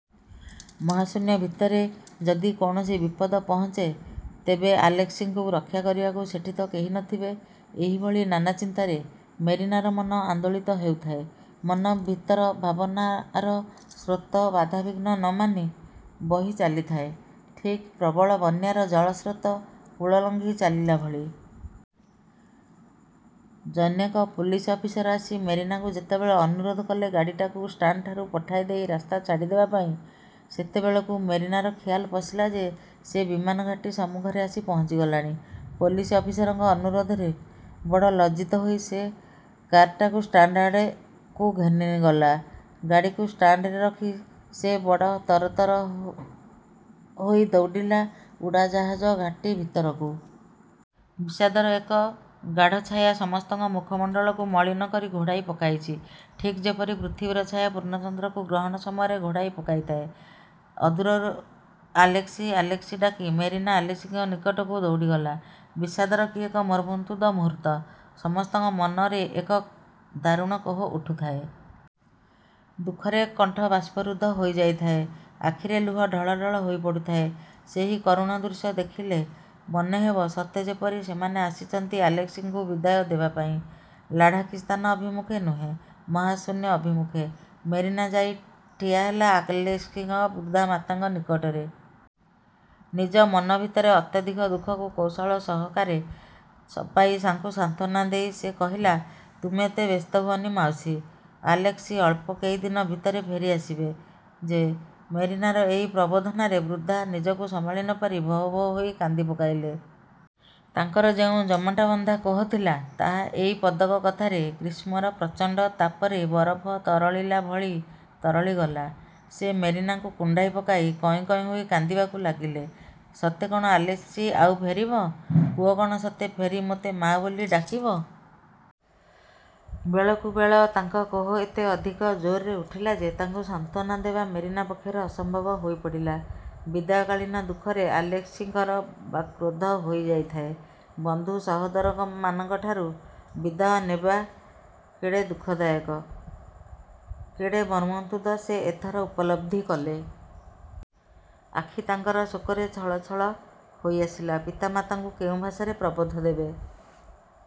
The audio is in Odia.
'ମହାଶୂନ୍ୟ ଭିତରେ ଯଦି କୌଣସି ବିପଦ ପହଞ୍ଚେ, ତେବେ ଆଲେସ୍କିଙ୍କୁ ରକ୍ଷା କରିବାକୁ ସେଠି ତ କେହି ନଥିବେ'–ଏହିଭଳି ନାନାଚିନ୍ତାରେ ମେରିନାର ମନ ଆନ୍ଦୋଳିତ ହେଉଥାଏ। ମନ ଭିତର ଭାବନାର ସ୍ରୋତ ବାଧାବିଘ୍ନ ନ ମାନି ବହିଚାଲିଥାଏ, ଠିକ୍ ପ୍ରବଳ ବନ୍ୟାର ଜଳସ୍ରୋତ କୂଳ ଲଘିଂ ଚାଲିଲା ଭଳି। ଜନୈକ ପୋଲିସ ଅଫିସର ଆସି ମେରିନାକୁ ଯେତେବେଳେ ଅନୁରୋଧ କଲେ ଗାଡ଼ିଟାକୁ ଷ୍ଟାଣ୍ଡଠାରୁ ପଠାଇଦେଇ ରାସ୍ତା ଛାଡ଼ିଦେବାପାଇଁ, ସେତେବଳକୁ ମେରିନାର ଖିଆଲ-ପଶିଲା ଯେ, ସେ ବିମାନଘାଟୀ ସମ୍ମୁଖରେ ଆସି ପହଞ୍ଚିଗଲାଣି। ପୋଲିସ ଅଫିସରଙ୍କ ଅନୁରୋଧରେ ବଡ଼ ଲଜ୍ଜିତ ହୋଇ ସେ କାର୍ଟାକୁ ଷ୍ଟାଣ୍ଡଆଡ଼କୁ ଘେନିଗଲା। ଗାଡ଼ିକୁ ଷ୍ଟାଣ୍ଡରେ ରଖି ସେ ବଡ଼ ତରତର ହୋଇ ଦୌଡ଼ିଲା ଉଡ଼ାଜାହାଜଘାଟୀ ଭିତରକୁ। ବିଷାଦର ଏକ ଗାଢ଼ଛାୟା ସମସ୍ତଙ୍କ ମୁଖମଣ୍ଡଳକୁ ମଳିନ କରି ଘୋଡ଼ାଇ ପକାଇଛି; ଠିକ୍ ଯେପରି ପୃଥିବୀର ଛାୟା ପୂର୍ଣ୍ଣଚନ୍ଦ୍ରକୁ ଗ୍ରହଣ ସମୟରେ ଘୋଡ଼ାଇ ପକାଇଥାଏ, ଅଦୂରରୁ 'ଆଲେସ୍କି' ''ଆଲେସ୍କି'' ଡାକି ମେରିନା ଆଲେସ୍କିଙ୍କ ନିକଟକୁ ଦୌଡ଼ିଗଲା। ବିଷାଦର କି ଏକ ମର୍ମନ୍ତୁଦ ମୁହୂର୍ତ୍ତ! ସମସ୍ତଙ୍କ ମନରେ ଏକ ଦାରୁଣ କୋହ ଉଠୁଥାଏ। ଦୁଃଖରେ କଣ୍ଠ ବାଷ୍ପରୁଦ୍ଧ ହୋଇଯାଉଥାଏ, ଆଖିରେ ଲୁହ ଢଳଢଳ ହୋଇ ପଡ଼ୁଥାଏ। ସେହି କରୁଣ ଦୃଶ୍ୟ ଦେଖିଲେ ମନେ ହେବ, ସତେ ଯେପରି ସେମାନେ ଆସିଛନ୍ତି ଆଲେସ୍କିଙ୍କୁ ବିଦାୟ ଦେବା ପାଇଁ ଲାଢ଼ାକିସ୍ଥାନ ଅଭିମୁଖେ ନୁହେଁ; ମହାଶୂନ୍ୟ ଅଭିମୁଖେ। ମେରିନା ଯାଇ ଠିଆହେଲା ଆଲେସ୍କିଙ୍କ ବୃଦ୍ଧା ମାତାଙ୍କ ନିକଟରେ। ନିଜ ମନ ଭିତରର ଅତ୍ୟଧିକ ଦୁଃଖକୁ କୌଶଳ ସହକାରେ ଚପାଇ ତାଙ୍କୁ ସାନ୍ତ୍ୱନା ଦେଇ ସେ କହିଲା, ''ତୁମେ ଏତେ ବ୍ୟସ୍ତ ହୁଅନି ମାଉସୀ, ଆଲେସ୍କି ଅଳ୍ପ କେଇ ଦିନ ଭିତରେ ଫେରିଆସିବେ ଯେ। '' ମେରିନାର ଏହି ପ୍ରବୋଧନାରେ ବୃଦ୍ଧା ନିଜକୁ ସମ୍ଭାଳି ନ ପାରି ଭୋ ଭୋ ହୋଇ କାନ୍ଦିପକାଇଲେ। ତାଙ୍କର ଯେଉଁ ଜମାଟ୍ବନ୍ଧା କୋହ ଥିଲା, ତାହା ଏଇ ପଦକ କଥାରେ ଗ୍ରୀଷ୍ମର ପ୍ରଚଣ୍ଡ ତାପରେ ବରଫ ତରଳିଲା ଭଳି ତରଳିଗଲା। ସେ ମେରିନାକୁ କୁଣ୍ଢାଇ ପକାଇ କଇଁ କଇଁ ହୋଇ କାନ୍ଦିବାକୁ ଲାଗିଲେ–''ସତେ କ'ଣ ଆଲେସ୍କି ଆଉ ଫେରିବ? ପୁଅ କ'ଣ ସତେ ଫେରି ମୋତେ ମା' ବୋଲି ଡାକିବ? '' ବେଳକୁ ବେଳ ତାଙ୍କ କୋହ ଏତେ ଅଧିକ ଜୋର୍ରେ ଉଠିଲା ଯେ, ତାଙ୍କୁ ସାନ୍ତ୍ୱନା ଦେବା ମେରିନା ପକ୍ଷରେ ଅସମ୍ଭବ ହୋଇପଡ଼ିଲା। ବିଦାୟକାଳୀନ ଦୁଃଖରେ ଆଲେସ୍କିଙ୍କର ବାକ୍ରୋଧ ହୋଇଯାଇଥାଏ। ବନ୍ଧୁ, ସହୋଦରମାନଙ୍କଠାରୁ ବିଦାୟ ନେବା କେଡ଼େ ଦୁଃଖଦାୟକ; କେଡ଼େ ମର୍ମନ୍ତୁଦ ସେ ଏଥର ଉପଲବ୍ଧି କଲେ। ଆଖି ତାଙ୍କର ଶୋକରେ ଛଳଛଳ ହୋଇଆସିଲା। ପିତାମାତାଙ୍କୁ କେଉଁ ଭାଷାରେ ପ୍ରବୋଧ ଦେବେ,